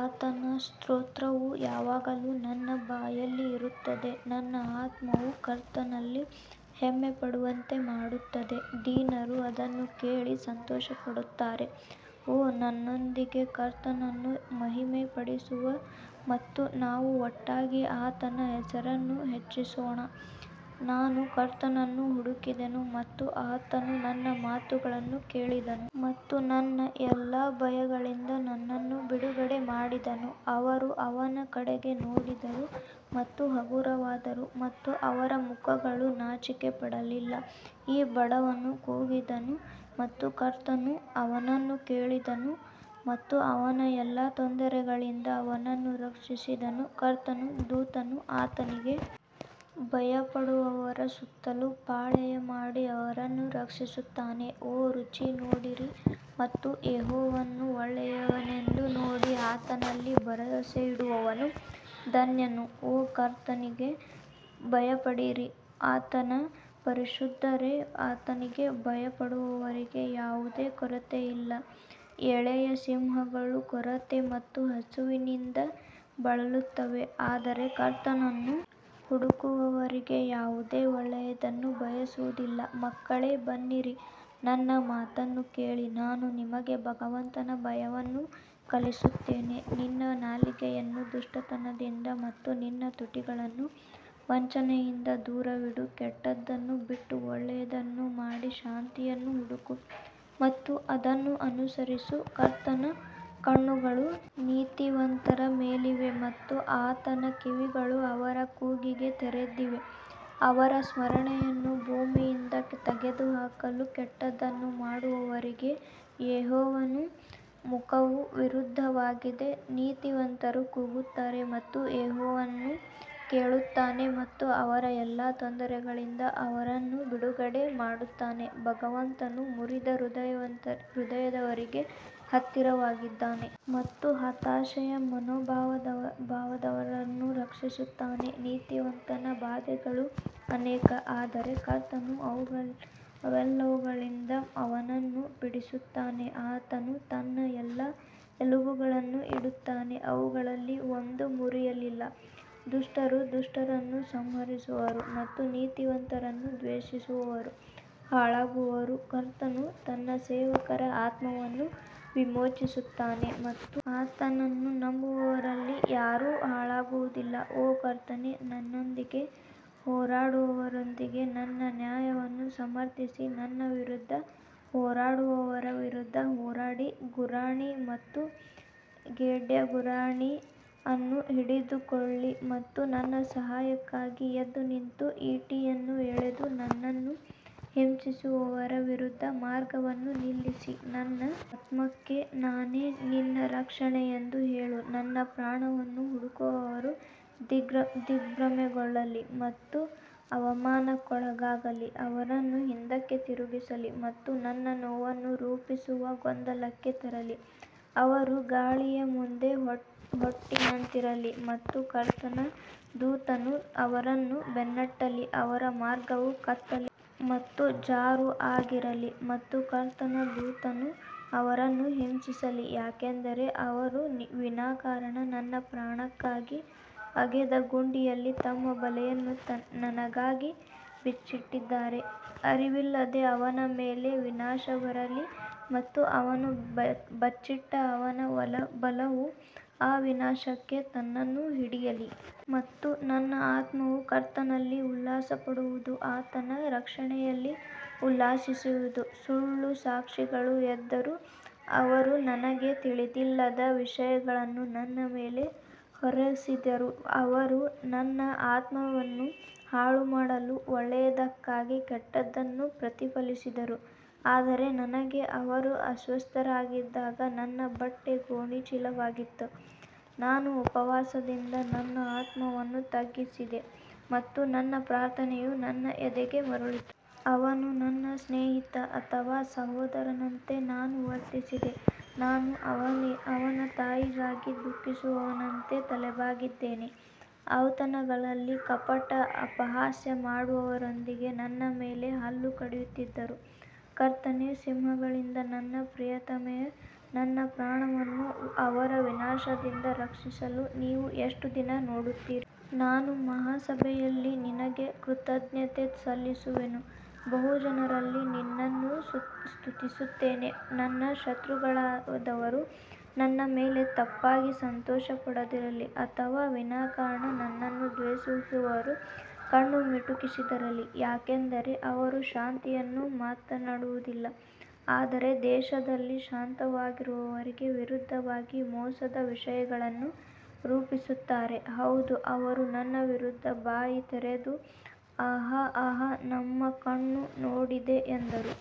ಆತನ ಸ್ತೋತ್ರವು ಯಾವಾಗಲೂ ನನ್ನ ಬಾಯಲ್ಲಿ ಇರುತ್ತದೆ ನನ್ನ ಆತ್ಮವು ಕರ್ತನಲ್ಲಿ ಹೆಮ್ಮೆಪಡುವಂತೆ ಮಾಡುತ್ತದೆ, ದೀನರು ಅದನ್ನು ಕೇಳಿ ಸಂತೋಷಪಡುತ್ತಾರೆ ಓ ನನ್ನೊಂದಿಗೆ ಕರ್ತನನ್ನು ಮಹಿಮೆಪಡಿಸು ಮತ್ತು ನಾವು ಒಟ್ಟಾಗಿ ಆತನ ಹೆಸರನ್ನು ಹೆಚ್ಚಿಸೋಣ ನಾನು ಕರ್ತನನ್ನು ಹುಡುಕಿದೆನು ಮತ್ತು ಆತನು ನನ್ನ ಮಾತುಗಳನ್ನು ಕೇಳಿದನು ಮತ್ತು ನನ್ನ ಎಲ್ಲಾ ಭಯಗಳಿಂದ ನನ್ನನ್ನು ಬಿಡುಗಡೆ ಮಾಡಿದನು ಅವರು ಅವನ ಕಡೆಗೆ ನೋಡಿದರು ಮತ್ತು ಹಗುರವಾದರು ಮತ್ತು ಅವರ ಮುಖಗಳು ನಾಚಿಕೆಪಡಲಿಲ್ಲ ಈ ಬಡವನು ಕೂಗಿದನು ಮತ್ತು ಕರ್ತನು ಅವನನ್ನು ಕೇಳಿದನು ಮತ್ತು ಅವನ ಎಲ್ಲಾ ತೊಂದರೆಗಳಿಂದ ಅವನನ್ನು ರಕ್ಷಿಸಿದನು ಕರ್ತನ ದೂತನು ಆತನಿಗೆ ಭಯಪಡುವವರ ಸುತ್ತಲೂ ಪಾಳೆಯ ಮಾಡಿ ಅವರನ್ನು ರಕ್ಷಿಸುತ್ತಾನೆ ಓ ರುಚಿ ನೋಡಿರಿ ಮತ್ತು ಯೆಹೋವನು ಒಳ್ಳೆಯವನೆಂದು ನೋಡಿ ಆತನಲ್ಲಿ ಭರವಸೆಯಿಡುವವನು ಧನ್ಯನು ಓ ಕರ್ತನಿಗೆ ಭಯಪಡಿರಿ, ಆತನ ಪರಿಶುದ್ಧರೇ ಆತನಿಗೆ ಭಯಪಡುವವರಿಗೆ ಯಾವುದೇ ಕೊರತೆಯಿಲ್ಲ ಎಳೆಯ ಸಿಂಹಗಳು ಕೊರತೆ ಮತ್ತು ಹಸಿವಿನಿಂದ ಬಳಲುತ್ತವೆ ಆದರೆ ಕರ್ತನನ್ನು ಹುಡುಕುವವರಿಗೆ ಯಾವುದೇ ಒಳ್ಳೆಯದನ್ನು ಬಯಸುವುದಿಲ್ಲ ಮಕ್ಕಳೇ ಬನ್ನಿರಿ ನನ್ನ ಮಾತನ್ನು ಕೇಳಿ ನಾನು ನಿಮಗೆ ಭಗವಂತನ ಭಯವನ್ನು ಕಲಿಸುತ್ತೇನೆ ನಿನ್ನ ನಾಲಿಗೆಯನ್ನು ದುಷ್ಟತನದಿಂದ ಮತ್ತು ನಿನ್ನ ತುಟಿಗಳನ್ನು ವಂಚನೆಯಿಂದ ದೂರವಿಡು ಕೆಟ್ಟದ್ದನ್ನು ಬಿಟ್ಟು ಒಳ್ಳೆಯದನ್ನು ಮಾಡಿ ಶಾಂತಿಯನ್ನು ಹುಡುಕು ಮತ್ತು ಅದನ್ನು ಅನುಸರಿಸು ಕರ್ತನ ಕಣ್ಣುಗಳು ನೀತಿವಂತರ ಮೇಲಿವೆ ಮತ್ತು ಆತನ ಕಿವಿಗಳು ಅವರ ಕೂಗಿಗೆ ತೆರೆದಿವೆ ಅವರ ಸ್ಮರಣೆಯನ್ನು ಭೂಮಿಯಿಂದ ತೆಗೆದುಹಾಕಲು ಕೆಟ್ಟದ್ದನ್ನು ಮಾಡುವವರಿಗೆ ಯೆಹೋವನ ಮುಖವು ವಿರುದ್ಧವಾಗಿದೆ ನೀತಿವಂತರು ಕೂಗುತ್ತಾರೆ ಮತ್ತು ಯೆಹೋವನು ಕೇಳುತ್ತಾನೆ ಮತ್ತು ಅವರ ಎಲ್ಲಾ ತೊಂದರೆಗಳಿಂದ ಅವರನ್ನು ಬಿಡುಗಡೆ ಮಾಡುತ್ತಾನೆ ಭಗವಂತನು ಮುರಿದ ಹೃದಯದವರಿಗೆ ಹತ್ತಿರವಾಗಿದ್ದಾನೆ ಮತ್ತು ಹತಾಶೆಯ ಮನೋಭಾವದವರನ್ನು ರಕ್ಷಿಸುತ್ತಾನೆ ನೀತಿವಂತನ ಬಾಧೆಗಳು ಅನೇಕ ಆದರೆ ಕರ್ತನು ಅವೆಲ್ಲವುಗಳಿಂದ ಅವನನ್ನು ಬಿಡಿಸುತ್ತಾನೆ ಆತನು ತನ್ನ ಎಲ್ಲಾ ಎಲುಬುಗಳನ್ನು ಇಡುತ್ತಾನೆ ಅವುಗಳಲ್ಲಿ ಒಂದೂ ಮುರಿಯಲಿಲ್ಲ ದುಷ್ಟರು ದುಷ್ಟರನ್ನು ಸಂಹರಿಸುವರು ಮತ್ತು ನೀತಿವಂತರನ್ನು ದ್ವೇಷಿಸುವವರು ಹಾಳಾಗುವರು ಕರ್ತನು ತನ್ನ ಸೇವಕರ ಆತ್ಮವನ್ನು ವಿಮೋಚಿಸುತ್ತಾನೆ ಮತ್ತು ಆತನನ್ನು ನಂಬುವವರಲ್ಲಿ ಯಾರೂ ಹಾಳಾಗುವುದಿಲ್ಲ ಓ ಕರ್ತನೇ, ನನ್ನೊಂದಿಗೆ ಹೋರಾಡುವವರೊಂದಿಗೆ ನನ್ನ ನ್ಯಾಯವನ್ನು ಸಮರ್ಥಿಸಿ, ನನ್ನ ವಿರುದ್ಧ ಹೋರಾಡುವವರ ವಿರುದ್ಧ ಹೋರಾಡಿ ಗುರಾಣಿ ಮತ್ತು ಖೇಡ್ಯಗುರಾಣಿ ಅನ್ನು ಹಿಡಿದುಕೊಳ್ಳಿ ಮತ್ತು ನನ್ನ ಸಹಾಯಕ್ಕಾಗಿ ಎದ್ದುನಿಂತು ಈಟಿಯನ್ನು ಎಳೆದು ನನ್ನನ್ನು ಹಿಂಸಿಸುವವರ ವಿರುದ್ಧದ ಮಾರ್ಗವನ್ನು ನಿಲ್ಲಿಸಿ ನನ್ನ ಆತ್ಮಕ್ಕೆ ನಾನೇ ನಿನ್ನ ರಕ್ಷಣೆ ಎಂದು ಹೇಳು ನನ್ನ ಪ್ರಾಣವನ್ನು ಹುಡುಕುವವರು ದಿಗ್ಭ್ರಮೆಗೊಳ್ಳಲಿ ಮತ್ತು ಅವಮಾನಕ್ಕೊಳಗಾಗಲಿ, ಅವರನ್ನು ಹಿಂದಕ್ಕೆ ತಿರುಗಿಸಲಿ ಮತ್ತು ನನ್ನ ನೋವನ್ನು ರೂಪಿಸುವ ಗೊಂದಲಕ್ಕೆ ತರಲಿ ಅವರು ಗಾಳಿಯ ಮುಂದೆ ಹೊಟ್ಟಿನಂತಿರಲಿ ಮತ್ತು ಕರ್ತನ ದೂತನು ಅವರನ್ನು ಬೆನ್ನಟ್ಟಲಿ ಅವರ ಮಾರ್ಗವು ಕತ್ತಲೆ ಮತ್ತು ಜಾರು ಆಗಿರಲಿ ಮತ್ತು ಕರ್ತನ ದೂತನು ಅವರನ್ನು ಹಿಂಸಿಸಲಿ ಯಾಕಂದರೆ ಅವರು ವಿನಾಕಾರಣ ನನ್ನ ಪ್ರಾಣಕ್ಕಾಗಿ ಅಗೆದ ಗುಂಡಿಯಲ್ಲಿ ತಮ್ಮ ಬಲೆಯನ್ನು ನನಗಾಗಿ ಬಚ್ಚಿಟ್ಟಿದ್ದಾರೆ ಅರಿವಿಲ್ಲದೆ ಅವನ ಮೇಲೆ ವಿನಾಶ ಬರಲಿ ಮತ್ತು ಅವನು ಬಚ್ಚಿಟ್ಟ ಅವನ ಬಲವು ಆ ವಿನಾಶಕ್ಕೆ ತನ್ನನ್ನು ಹಿಡಿಯಲಿ ಮತ್ತು ನನ್ನ ಆತ್ಮವು ಕರ್ತನಲ್ಲಿ ಉಲ್ಲಾಸಪಡುವದು ಆತನ ರಕ್ಷಣೆಯಲ್ಲಿ ಉಲ್ಲಾಸಿಸುವದು ಸುಳ್ಳು ಸಾಕ್ಷಿಗಳು ಎದ್ದರು, ಅವರು ನನಗೆ ತಿಳಿದಿಲ್ಲದ ವಿಷಯಗಳನ್ನು ನನ್ನ ಮೇಲೆ ಹೊರಿಸಿದರು ಅವರು ನನ್ನ ಆತ್ಮವನ್ನು ಹಾಳುಮಾಡಲು ಒಳ್ಳೆಯದಕ್ಕಾಗಿ ಕೆಟ್ಟದ್ದನ್ನು ಪ್ರತಿಫಲಿಸಿದರು ಆದರೆ ನನಗೆ ಅವರು ಅಸ್ವಸ್ಥರಾಗಿದ್ದಾಗ ನನ್ನ ಬಟ್ಟೆ ಗೋಣಿಚೀಲವಾಗಿತ್ತು, ನಾನು ಉಪವಾಸದಿಂದ ನನ್ನ ಆತ್ಮವನ್ನು ತಗ್ಗಿಸಿದೆ ಮತ್ತು ನನ್ನ ಪ್ರಾರ್ಥನೆಯು ನನ್ನ ಎದೆಗೆ ಮರಳಿತು. ಅವನು ನನ್ನ ಸ್ನೇಹಿತ ಅಥವಾ ಸಹೋದರನಂತೆ ನಾನು ವರ್ತಿಸಿದೆ, ನಾನು ಅವನ ತಾಯಿಗಾಗಿ ದುಃಖಿಸುವವನಂತೆ ತಲೆಬಾಗಿದ್ದೇನೆ ಔತಣಗಳಲ್ಲಿ ಕಪಟ ಅಪಹಾಸ್ಯ ಮಾಡುವವರೊಂದಿಗೆ ನನ್ನ ಮೇಲೆ ಹಲ್ಲು ಕಡಿಯುತ್ತಿದ್ದರು ಕರ್ತನೇ, ಸಿಂಹಗಳಿಂದ ನನ್ನ ಪ್ರಿಯತಮೆಯೇ, ನನ್ನ ಪ್ರಾಣವನ್ನು ಅವರ ವಿನಾಶದಿಂದ ರಕ್ಷಿಸಲು ನೀವು ಎಷ್ಟು ದಿನ ನೋಡುತ್ತೀರಿ ನಾನು ಮಹಾಸಭೆಯಲ್ಲಿ ನಿನಗೆ ಕೃತಜ್ಞತೆ ಸಲ್ಲಿಸುವೆನು, ಬಹುಜನರಲ್ಲಿ ನಿನ್ನನ್ನು ಸ್ತುತಿಸುತ್ತೇನೆ ನನ್ನ ಶತ್ರುಗಳಾದವರು ನನ್ನ ಮೇಲೆ ತಪ್ಪಾಗಿ ಸಂತೋಷಪಡದಿರಲಿ ಅಥವಾ ವಿನಾಕಾರಣ ನನ್ನನ್ನು ದ್ವೇಷಿಸುವವರು ಕಣ್ಣು ಮಿಟುಕಿಸದಿರಲಿ ಯಾಕಂದರೆ ಅವರು ಶಾಂತಿಯನ್ನು ಮಾತನಾಡುವುದಿಲ್ಲ ಆದರೆ ದೇಶದಲ್ಲಿ ಶಾಂತವಾಗಿರುವವರಿಗೆ ವಿರುದ್ಧವಾಗಿ ಮೋಸದ ವಿಷಯಗಳನ್ನು ರೂಪಿಸುತ್ತಾರೆ ಹೌದು ಅವರು ನನ್ನ ವಿರುದ್ಧ ಬಾಯಿ ತೆರೆದು ಆಹಾ ಆಹಾ ನಮ್ಮ ಕಣ್ಣು ನೋಡಿದೆ ಎಂದರು.